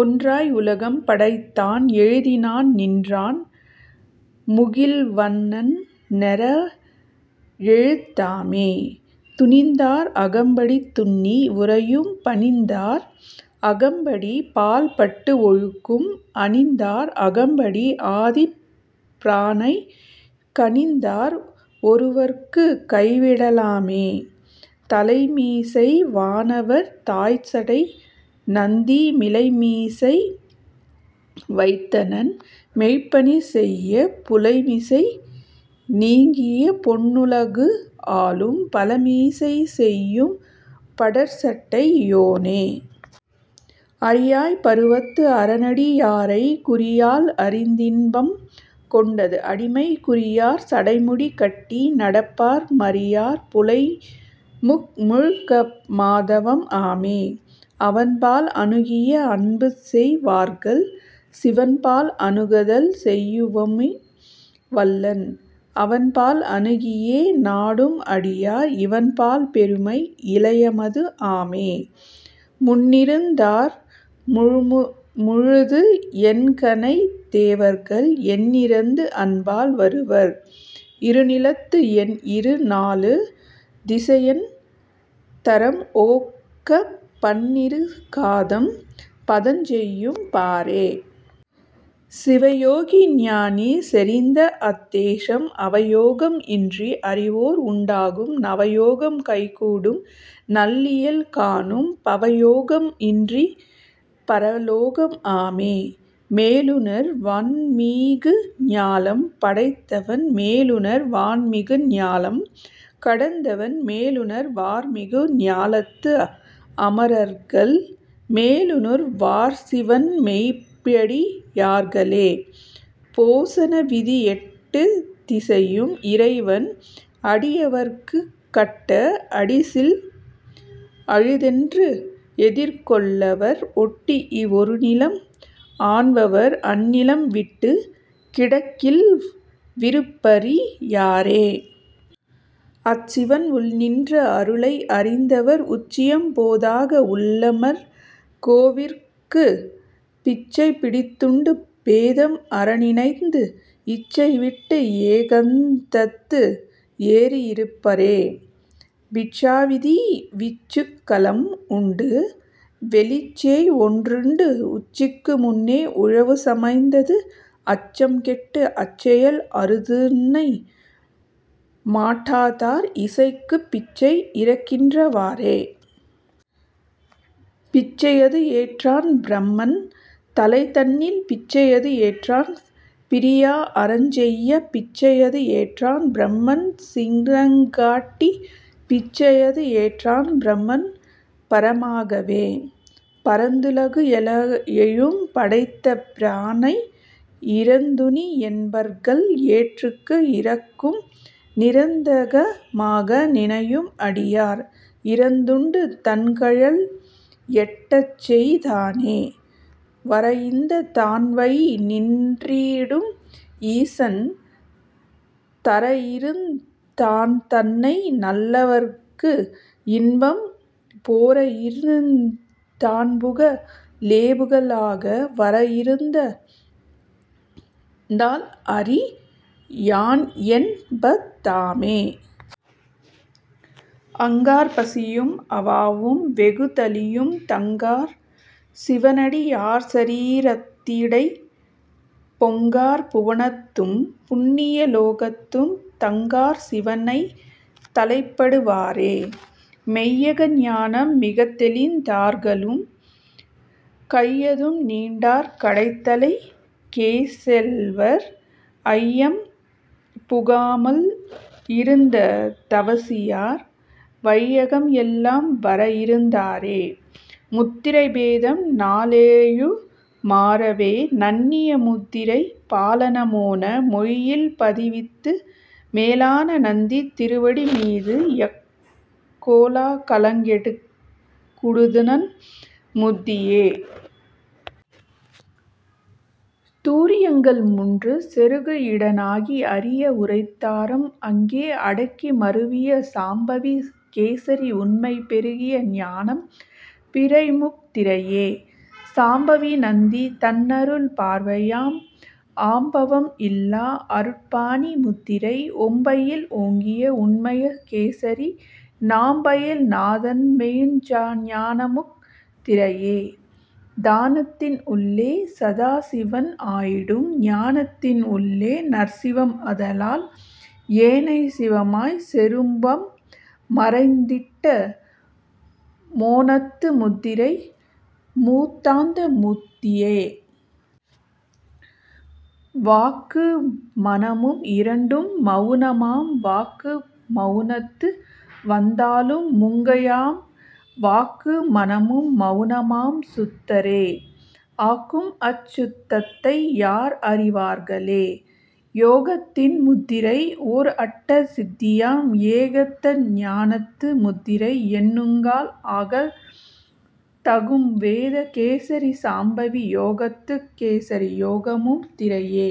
ஒன்றாய் உலகம் படைத்தான் எழுதினான் நின்றான் முகில்வண்ணன் நேர்எழுத் தாமே. துணிந்தார் அகம்படி துன்னி உறையும் பணிந்தார் அகம்படி பால்பட்டு ஒழுகும் அணிந்தார் அகம்படி ஆதிப் பிரானைக் கணிந்தார் ஒருவர்க்கு கைவிடலாமே. தலைமிசை வானவர் தாழ்சடை நந்தி மிலைமிசை வைத்தனன் மெய்ப்பணி செய்யப் புலைமிசை நீங்கிய பொன்னுலகு ஆளும் பலமிசை செய்யும் படர்சடை யோனே. அறியாப் பருவத்து அரன்அடி யாரைக் குறியால் அறிந்தின்பம் கொண்டது அடிமை குறியார் சடைமுடி கட்டி நடப்பார் மறியார் புனல்மூழ்க மாதவம் ஆமே. அவன்பால் அணுகியே அன்புசெய் வார்கள் சிவன்பால் அணுகுதல் செய்யவும் வல்லன் அவன்பால் அணுகியே நாடும் அடியார் இவன்பால் பெருமை இலயமது ஆமே. முன்னிருந் தார்முழுது எண்கணத் தேவர்கள் எண்ணிறந்து அன்பால் வருவர் இருநிலத்து எண்இரு நாலு திசைஅந் தரம் ஒக்கப் பன்னிரு காதம் பதஞ்செய்யும் பாரே. சிவயோகி ஞானி செறிந்தஅத் தேசம் அவயோகம் இன்றி அறிவோர் உண்டாகும் நவயோகம் கைகூடும் நல்லியல் காணும் பவயோகம் இன்றிப் பரலோகம் ஆமே. மேலுணர் வான்மிகு ஞாலம் படைத்தவன் மேலுணர் வான்மிகு ஞாலம் கடந்தவன் மேலுணர் வார்மிகு ஞாலத்து அமரர்கள் மேலுணுர் வார்சிவன் மெய்யடி யார்களே.. போசன விதி எட்டுத் திசையும் இறைவன் அடியவர்க்கு கட்ட அடிசில் அழுதென்று எதிர்கொள்வர் ஒட்டி ஒருநிலம் ஆள்பவர் அந்நிலம் விட்டுக் கிடக்கில் விருப்பறி யாரே. அச்சிவன் உள்நின்ற அருளை அறிந்தவர் உச்சியம் போதாக உள்ளமர் கோவிற்குப் பிச்சை பிடித்துண்டு பேதம் அறநினைந்து இச்சைவிட்டு ஏகாந்தத்து ஏறி இருப்பரே.. பிட்சா விதி விச்சுக் கலம் உண்டு வேலிச்செய் ஒன்றுண்டு உச்சிக்கு முன்னே உழவு சமைந்தது அச்சம்கெட்டு அச்செயல் அறுத்துண்ண மாட்டாதார் இச்சைக்குப் பிச்சை இரக்கின்ற வாறே. பிச்சையது ஏற்றான் பிரமன் தலைதன்னில் பிச்சையது ஏற்றான் பிரியா அறஞ்செய்யப் பிச்சையது ஏற்றான் பிரமன் சிரங்காட்டிப் பிச்சையது ஏற்றான் பிரமன் பரமாகவே. பரந்துலகு ஏழும் படைத்த பிரானை இரந்துணி என்பர்கள் எற்றுக்கு இரக்கும் நிரந்தக மாக நினையும் அடியார் இரந்துண்டு தன்கழல் எட்டச்செய் தானே. வரஇருந் தான்வழி நின்றிடும் ஈசன் தரஇருந் தான்தன்னை நல்லவர்க்கு இன்பம் பொரஇருந் தான்புக லேபுக லாக வரஇருந் தால்அறி யான்என்ப தாமே. அங்கார் பசியும் அவாவும் வெகுளியும் தங்கார் சிவனடி யார்சரீரத்திடைப் பொங்கார் புவனத்தும் புண்ணிய லோகத்தும் தங்கார் சிவனைத் தலைப்படு வாரே. மெய்யக ஞானம் மிகத்தெளிந் தார்களும் கையதும் நீண்டார் கடைத்தலைக் கேசெல்வர் ஐயம் புகாமல் இருந்த தவசியார் வையகம் எல்லாம் வரஇருந்தாரே.. முத்திரை பேதம் நாலேழு மாறவே நண்ணிய முத்திரை பாலான மோன மொழியில் பதிவித்து மேலான நந்தி திருவடி மீதுய்யக் கோலா கலங்கெட்டுக் கூடுநன் முத்தியே. துரியங்கள் மூன்று சொருகுஇட னாகி அரிய உரைத்தாரம் அங்கே அடக்கி மருவிய சாம்பவி கேசரி உண்மை பெருகிய ஞானம் பிறழ்முத் திரையே. சாம்பவி நந்தி தன்னருள் பார்வையாம் ஆம்பவம் இல்லா அருட்பாணி முத்திரை ஓம்பயில் ஒங்கிய உண்மைய கேசரி நாம்பயில் நாதன்மெய்ஞ் ஞானமுத் திரையே. தானத்தின் உள்ளே சதாசிவன் ஆயிடும் ஞானத்தின் உள்ளே நற்சிவம் ஆதலால் ஏனைச் சிவமாம் சொரூபம் மறைந்திட்ட மோனத்து முத்திரை முத்தாந்த முத்தியே. வாக்கு மனமும் இரண்டும் மவுனமாம் வாக்கு மவுனத்து வந்தாலும் மூங்கையாம் வாக்கு மனமும் மவுனமாம் சுத்தரே ஆக்கும் அச் சுத்த்ததை யார்அறி வார்களே. யோகத்தின் முத்திரை ஓர்அட்ட சித்தியாம் ஏகத்த ஞானத்து முத்திரை எண்ணுங்கால் ஆகத் தகும்வேத கேசரி சாம்பவி யோகத்துக் கேசரி யோகமுத் திரையே.